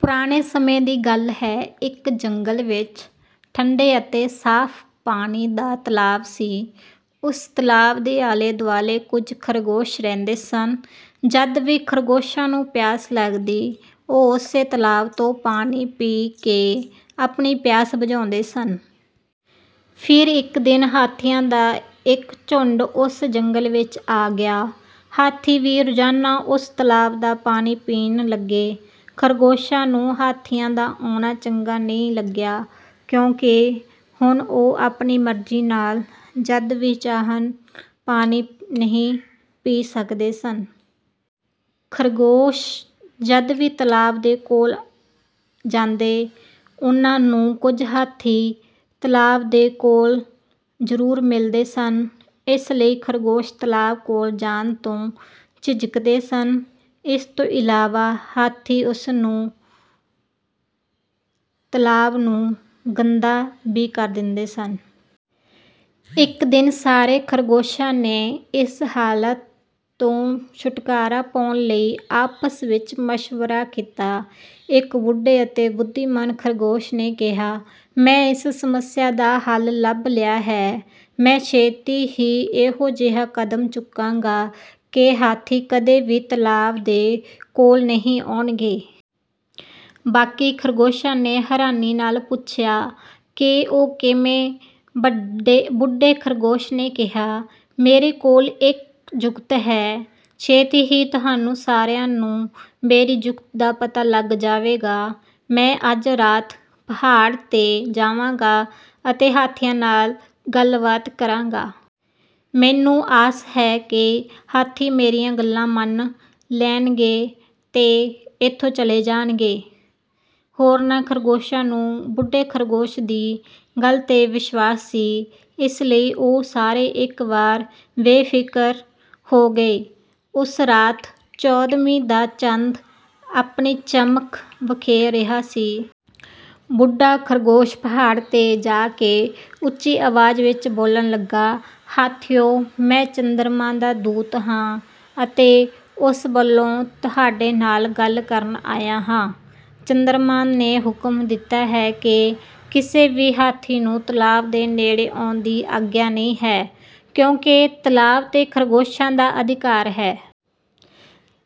ਪੁਰਾਣੇ ਸਮੇਂ ਦੀ ਗੱਲ ਹੈ। ਇੱਕ ਜੰਗਲ ਵਿੱਚ ਠੰਢੇ ਅਤੇ ਸਾਫ਼ ਪਾਣੀ ਦਾ ਤਲਾਬ ਸੀ। ਉਸ ਤਲਾਬ ਦੇ ਆਲੇ-ਦੁਆਲੇ ਕੁਝ ਖ਼ਰਗੋਸ਼ ਰਹਿੰਦੇ ਸਨ। ਜਦ ਵੀ ਖ਼ਰਗੋਸ਼ਾਂ ਨੂੰ ਪਿਆਸ ਲੱਗਦੀ, ਉਹ ਉਸੇ ਤਲਾਬ ਤੋਂ ਪਾਣੀ ਪੀ ਕੇ ਆਪਣੀ ਪਿਆਸ ਬੁਝਾਉਂਦੇ ਸਨ। ਫਿਰ ਇੱਕ ਦਿਨ ਹਾਥੀਆਂ ਦਾ ਇੱਕ ਝੁੰਡ ਉਸ ਜੰਗਲ ਵਿੱਚ ਆ ਗਿਆ। ਹਾਥੀ ਵੀ ਰੋਜ਼ਾਨਾ ਉਸ ਤਲਾਬ ਦਾ ਪਾਣੀ ਪੀਣ ਲੱਗੇ। ਖ਼ਰਗੋਸ਼ਾਂ ਨੂੰ ਹਾਥੀਆਂ ਦਾ ਆਉਣਾ ਚੰਗਾ ਨਹੀਂ ਲੱਗਿਆ ਕਿਉਂਕਿ ਹੁਣ ਉਹ ਆਪਣੀ ਮਰਜ਼ੀ ਨਾਲ ਜਦ ਵੀ ਚਾਹੁਣ ਪਾਣੀ ਨਹੀਂ ਪੀ ਸਕਦੇ ਸਨ। ਖ਼ਰਗੋਸ਼ ਜਦ ਵੀ ਤਲਾਬ ਦੇ ਕੋਲ ਜਾਂਦੇ, ਉਹਨਾਂ ਨੂੰ ਕੁਝ ਹਾਥੀ ਤਲਾਬ ਦੇ ਕੋਲ ਜ਼ਰੂਰ ਮਿਲਦੇ ਸਨ, ਇਸ ਲਈ ਖ਼ਰਗੋਸ਼ ਤਲਾਬ ਕੋਲ ਜਾਣ ਤੋਂ ਝਿਜਕਦੇ ਸਨ। ਇਸ ਤੋਂ ਇਲਾਵਾ ਹਾਥੀ ਉਸ ਤਲਾਬ ਨੂੰ ਗੰਦਾ ਵੀ ਕਰ ਦਿੰਦੇ ਸਨ। ਇੱਕ ਦਿਨ ਸਾਰੇ ਖ਼ਰਗੋਸ਼ਾਂ ਨੇ ਇਸ ਹਾਲਤ ਤੋਂ ਛੁਟਕਾਰਾ ਪਾਉਣ ਲਈ ਆਪਸ ਵਿੱਚ ਮਸ਼ਵਰਾ ਕੀਤਾ। ਇੱਕ ਬੁੱਢੇ ਅਤੇ ਬੁੱਧੀਮਾਨ ਖ਼ਰਗੋਸ਼ ਨੇ ਕਿਹਾ, "ਮੈਂ ਇਸ ਸਮੱਸਿਆ ਦਾ ਹੱਲ ਲੱਭ ਲਿਆ ਹੈ। ਮੈਂ ਛੇਤੀ ਹੀ ਇਹੋ ਜਿਹਾ ਕਦਮ ਚੁੱਕਾਂਗਾ ਕਿ ਹਾਥੀ ਕਦੇ ਵੀ ਤਲਾਬ ਦੇ ਕੋਲ ਨਹੀਂ ਆਉਣਗੇ।" ਬਾਕੀ ਖ਼ਰਗੋਸ਼ਾਂ ਨੇ ਹੈਰਾਨੀ ਨਾਲ ਪੁੱਛਿਆ, "ਉਹ ਕਿਵੇਂ?" ਬੁੱਢੇ ਖ਼ਰਗੋਸ਼ ਨੇ ਕਿਹਾ, "ਮੇਰੇ ਕੋਲ ਇੱਕ ਜੁਗਤ ਹੈ, ਛੇਤੀ ਹੀ ਤੁਹਾਨੂੰ ਸਾਰਿਆਂ ਨੂੰ ਮੇਰੀ ਜੁਗਤ ਦਾ ਪਤਾ ਲੱਗ ਜਾਵੇਗਾ। ਮੈਂ ਅੱਜ ਰਾਤ ਪਹਾੜ 'ਤੇ ਜਾਵਾਂਗਾ ਅਤੇ ਹਾਥੀਆਂ ਨਾਲ ਗੱਲਬਾਤ ਕਰਾਂਗਾ। ਮੈਨੂੰ ਆਸ ਹੈ ਕਿ ਹਾਥੀ ਮੇਰੀਆਂ ਗੱਲਾਂ ਮੰਨ ਲੈਣਗੇ ਤੇ ਇੱਥੋਂ ਚਲੇ ਜਾਣਗੇ।" ਹੋਰਨਾਂ ਖ਼ਰਗੋਸ਼ਾਂ ਨੂੰ ਬੁੱਢੇ ਖ਼ਰਗੋਸ਼ ਦੀ ਗੱਲ 'ਤੇ ਵਿਸ਼ਵਾਸ ਸੀ, ਇਸ ਲਈ ਉਹ ਸਾਰੇ ਇੱਕ ਵਾਰ ਬੇਫ਼ਿਕਰ ਹੋ ਗਏ। ਉਸ ਰਾਤ ਚੌਦਵੀਂ ਦਾ ਚੰਦ ਆਪਣੀ ਚਮਕ ਬਿਖੇਰ ਰਿਹਾ ਸੀ। ਬੁੱਢਾ ਖ਼ਰਗੋਸ਼ ਪਹਾੜ 'ਤੇ ਜਾ ਕੇ ਉੱਚੀ ਆਵਾਜ਼ ਵਿੱਚ ਬੋਲਣ ਲੱਗਾ, "ਹਾਥੀਓ, ਮੈਂ ਚੰਦਰਮਾ ਦਾ ਦੂਤ ਹਾਂ ਅਤੇ ਉਸ ਵੱਲੋਂ ਤੁਹਾਡੇ ਨਾਲ ਗੱਲ ਕਰਨ ਆਇਆ ਹਾਂ। ਚੰਦਰਮਾ ਨੇ ਹੁਕਮ ਦਿੱਤਾ ਹੈ ਕਿ ਕਿਸੇ ਵੀ ਹਾਥੀ ਨੂੰ ਤਲਾਬ ਦੇ ਨੇੜੇ ਆਉਣ ਦੀ ਆਗਿਆ ਨਹੀਂ ਹੈ ਕਿਉਂਕਿ ਤਲਾਬ 'ਤੇ ਖ਼ਰਗੋਸ਼ਾਂ ਦਾ ਅਧਿਕਾਰ ਹੈ।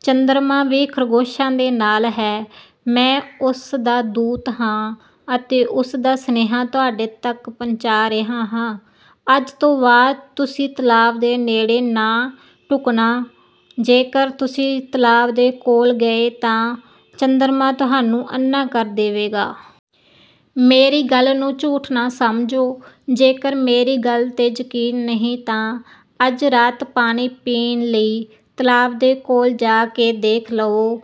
ਚੰਦਰਮਾ ਵੀ ਖ਼ਰਗੋਸ਼ਾਂ ਦੇ ਨਾਲ ਹੈ। ਮੈਂ ਉਸ ਦਾ ਦੂਤ ਹਾਂ ਅਤੇ ਉਸ ਦਾ ਸਨੇਹਾ ਤੁਹਾਡੇ ਤੱਕ ਪਹੁੰਚਾ ਰਿਹਾ ਹਾਂ। ਅੱਜ ਤੋਂ ਬਾਅਦ ਤੁਸੀਂ ਤਲਾਬ ਦੇ ਨੇੜੇ ਨਾ ਢੁਕਣਾ। ਜੇਕਰ ਤੁਸੀਂ ਤਲਾਬ ਦੇ ਕੋਲ ਗਏ ਤਾਂ ਚੰਦਰਮਾ ਤੁਹਾਨੂੰ ਅੰਨ੍ਹਾ ਕਰ ਦੇਵੇਗਾ। ਮੇਰੀ ਗੱਲ ਨੂੰ ਝੂਠ ਨਾ ਸਮਝੋ, ਜੇਕਰ ਮੇਰੀ ਗੱਲ 'ਤੇ ਯਕੀਨ ਨਹੀਂ ਤਾਂ ਅੱਜ ਰਾਤ ਪਾਣੀ ਪੀਣ ਲਈ ਤਲਾਬ ਦੇ ਕੋਲ ਜਾ ਕੇ ਦੇਖ ਲਵੋ।